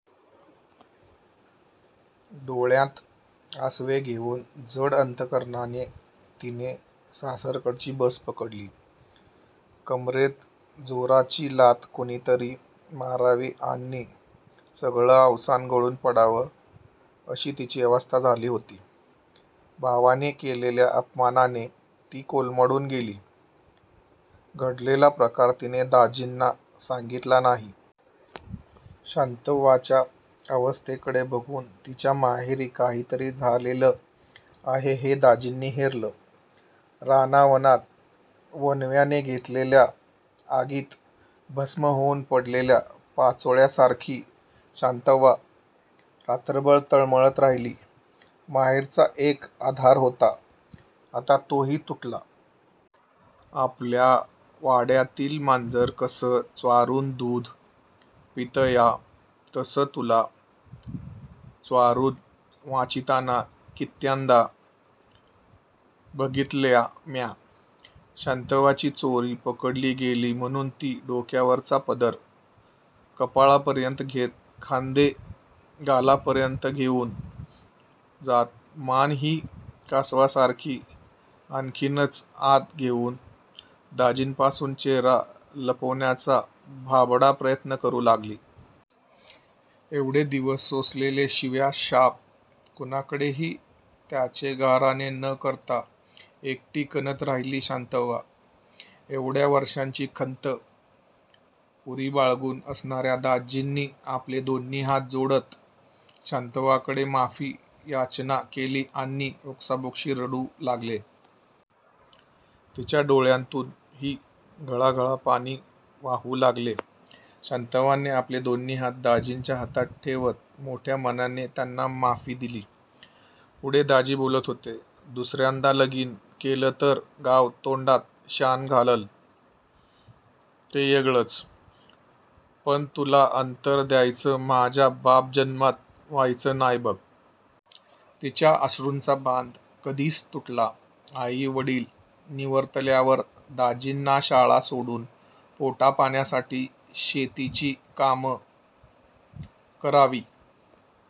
डोळ्यांत आसवे घेऊन जड अंतकरणाने तिने सासरकडची बस पकडली. कंबरेत जोराची लाथ कुणी तरी मारावी आणि सगळं अवसान गळून पडावं अशी तिची अवस्था झाली होती. भावाने केलेल्या अपमानाने ती कोलमडून गेली. घडलेला प्रकार तिने दाजींना सांगितला नाही. शांतव्वाच्या अवस्थेकडे बघून तिच्या माहेरी काही तरी झालेलं आहे हे दाजींनी हेरलं. राना वनात वणव्याने घेतलेल्या आगीत भस्म होऊन पडलेल्या पाचोळ्यासारखी शांतव्वा रात्रभर तळमळत राहिली. माहेरचा एक आधार होता आता तो हि तुटला. आपल्या वाड्यातील मांजर कसं च्वारुन दूध पितया तसं तुला च्वारुन वाचितांना कीत्यानंदा बघितल्या म्या". शांतव्वाची चोरी पकडली गेली म्हणून ती डोक्यावरचा पदर कपाळापर्यंत घेत खांदे गालापर्यंत घेऊन जात मान हि कासवासारखी आणखीनच आत घेऊन दाजींपासून चेहरा लपवण्याचा भाबडा प्रयत्न करू लागली. एवढे दिवस सोसलेले शिव्या शाप कुणाकडे हि त्याचे गराहने न करता एकटी कण्हत राहिली शांतव्वा. एवढ्या वर्षांची खंत उरी बाळगून असणाऱ्या दाजींनी आपले दोन्ही हात जोडत शांतव्वाकडे माफीची याचना केली आणि ओक्सबोक्शी रडू लागले. तिच्या डोळ्यांतून हि घळा घळा पाणी वाहू लागले. शांतव्वाने आपले दोन्ही हात दाजींच्या हातावर ठेवत मोठया मानाने त्यांना माफी दिली. पुढे दाजी बोलत होते, "दुसऱ्यांदा लगीन केलं तर गाव तोंडात शानं घाललं ते येगळंच पण तुला अंतर द्यायचं माझ्या बाप जन्मात व्हायाचं नाय बघ. तिच्या अश्रूंचा बांध कधीच तुटला. आई वडील निवर्तल्यावर दाजींना शाळा सोडून पोटा पाण्यासाठी शेतीची कामं करावी